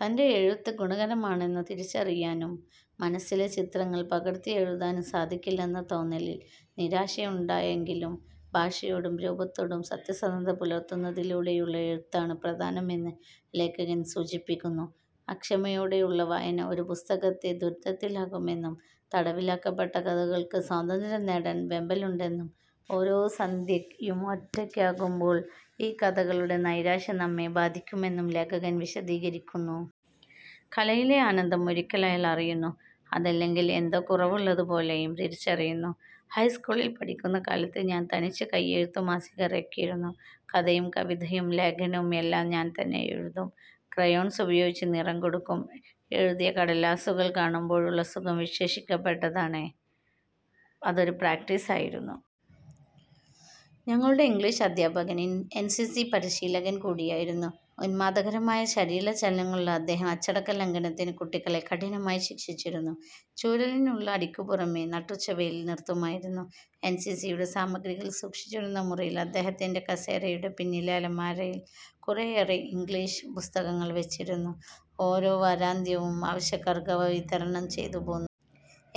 തൻ്റെ എഴുത്ത് ഗുണകരമാണെന്ന് തിരിച്ചറിയാനും, മനസ്സിലെ ചിത്രങ്ങളെ പകർത്തിയെഴുതാനും സാധിക്കില്ലെന്ന തോന്നലിൽ നിരാശയുണ്ടായെങ്കിലും, ഭാഷയോടും രൂപത്തോടും സത്യസന്ധത പുലർത്തുന്നതിലൂടെയുള്ള എഴുത്താണ് പ്രധാനമെന്ന് ലേഖകൻ സൂചിപ്പിക്കുന്നു. അക്ഷമയോടെയുള്ള വായന ഒരു പുസ്തകത്തെ ദൂരത്താക്കുമെന്നും, തടവിലാക്കപ്പെട്ട കഥകൾക്ക് സ്വാതന്ത്ര്യം നേടാൻ വെമ്പലുണ്ടെന്നും, ഓരോ സന്ധ്യയും ഒറ്റയ്ക്കാകുമ്പോൾ ഈ കഥകളുടെ നൈരാശ്യം നമ്മെ ബാധിക്കുമെന്നും ലേഖകൻ വിശദീകരിക്കുന്നു. കലയിലെ ആനന്ദം ഒരിക്കൽ അയാൾ അറിയുന്നു, അതില്ലെങ്കിൽ എന്തോ കുറവുള്ളതുപോലെയും തിരിച്ചറിയുന്നു. ഹൈസ്കൂളിൽ പഠിക്കുന്ന കാലത്ത് ഞാൻ തനിച്ച് കയ്യെഴുത്തുമാസിക ഇറക്കിയിരുന്നു. കഥയും കവിതയും ലേഖനവും എല്ലാം ഞാൻത്തന്നെ എഴുതും. ക്രയോൺസ് ഉപയോഗിച്ചു നിറം കൊടുക്കും. എഴുതിയ കടലാസുകൾ കാണുമ്പോഴുള്ള സുഖം വിശേഷപ്പെട്ടതാണ്. അതൊരു പ്രാക്ടീസ് ആയിരുന്നു. ഞങ്ങളുടെ ഇംഗ്ലിഷ് അധ്യാപകൻ എൻസിസി പരിശീലകൻ കൂടിയായിരുന്നു. ഉന്മാദകരമായ ശരീരചലനങ്ങളുള്ള അദ്ദേഹം അച്ചടക്കലംഘനത്തിന് കുട്ടികളെ കഠിനമായി ശിക്ഷിച്ചിരുന്നു. ചൂരലിനുള്ള അടിക്കു പുറമേ നട്ടുച്ചവെയിലിൽ നിർത്തുമായിരുന്നു. എൻസിസിയുടെ സാമഗ്രികൾ സൂക്ഷിച്ചിരുന്ന മുറിയിൽ, അദ്ദേഹത്തിന്റെ കസേരയുടെ പിന്നിലെ അലമാരയിൽ കുറെയേറെ ഇംഗ്ലിഷ് പുസ്തകങ്ങൾ വച്ചിരുന്നു. ഓരോ വാരാന്ത്യവും ആവശ്യക്കാർക്ക് അവ വിതരണം ചെയ്തുപോന്നു.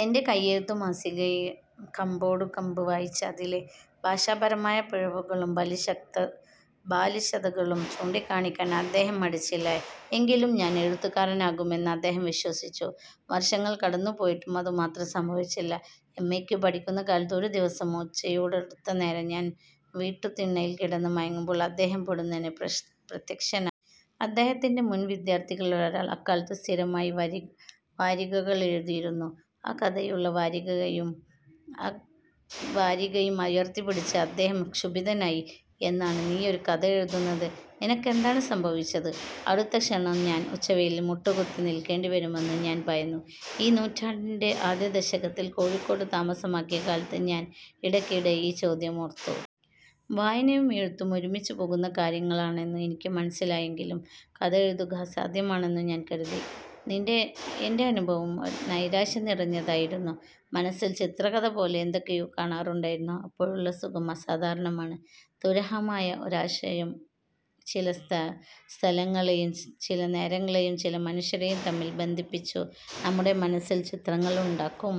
എന്റെ കയ്യെഴുത്തുമാസിക കമ്പോടുകമ്പ് വായിച്ച് അതിലെ ഭാഷാപരമായ പിഴവുകളും ബാലിശതകളും ചൂണ്ടിക്കാണിക്കാൻ അദ്ദേഹം മടിച്ചില്ല. എങ്കിലും ഞാൻ എഴുത്തുകാരനാകുമെന്ന് അദ്ദേഹം വിശ്വസിച്ചു. വർഷങ്ങൾ കടന്നുപോയിട്ടും അതുമാത്രം സംഭവിച്ചില്ല. എംഎയ്ക്കു പഠിക്കുന്ന കാലത്ത് ഒരു ദിവസം ഉച്ചയോടടുത്തനേരം ഞാൻ വീട്ടുതിണ്ണയിൽ കിടന്ന് മയങ്ങുമ്പോൾ, അദ്ദേഹം പൊടുന്നനെ പ്രത്യക്ഷനായി. അദ്ദേഹത്തിന്റെ മുൻവിദ്യാർഥികളിലൊരാൾ അക്കാലത്തു സ്ഥിരമായി വാരികകളിൽ എഴുതിയിരുന്നു. ആ കഥയുള്ള വാരികയും ഉയർത്തിപ്പിടിച്ച് അദ്ദേഹം ക്ഷുഭിതനായി, 'എന്നാണു നീയൊരു കഥ എഴുതുന്നത്? നിനക്കെന്താണു സംഭവിച്ചത്? ' അടുത്ത ക്ഷണം ഞാൻ ഉച്ചവെയിലിൽ മുട്ടുകുത്തി നിൽക്കേണ്ടി വരുമെന്ന് ഞാൻ ഭയന്നു. ഈ നൂറ്റാണ്ടിന്റെ ആദ്യ ദശകത്തിൽ കോഴിക്കോട്ടു താമസമാക്കിയ കാലത്ത് ഞാൻ ഇടയ്ക്കിടെ ഈ ചോദ്യമോർത്തു. വായനയും എഴുത്തും ഒരുമിച്ചു പോകുന്ന കാര്യങ്ങളാണെന്ന് എനിക്ക് മനസ്സിലായെങ്കിലും കഥ എഴുതുക അസാധ്യമാണെന്നു ഞാൻ കരുതി. എന്റെ അനുഭവം നൈരാശ്യം നിറഞ്ഞതായിരുന്നു. മനസ്സിൽ ചിത്രകഥ പോലെ എന്തൊക്കെയൊ കാണാറുണ്ടായിരുന്നു. അപ്പോഴുള്ള സുഖം അസാധാരണമാണ്. ദുരൂഹമായ ഒരുപാശം ചില സ്ഥലങ്ങളെയും ചില നേരങ്ങളെയും ചില മനുഷ്യരെയും തമ്മിൽ ബന്ധിപ്പിച്ചു നമ്മുടെ മനസ്സിൽ ചിത്രങ്ങളാക്കും.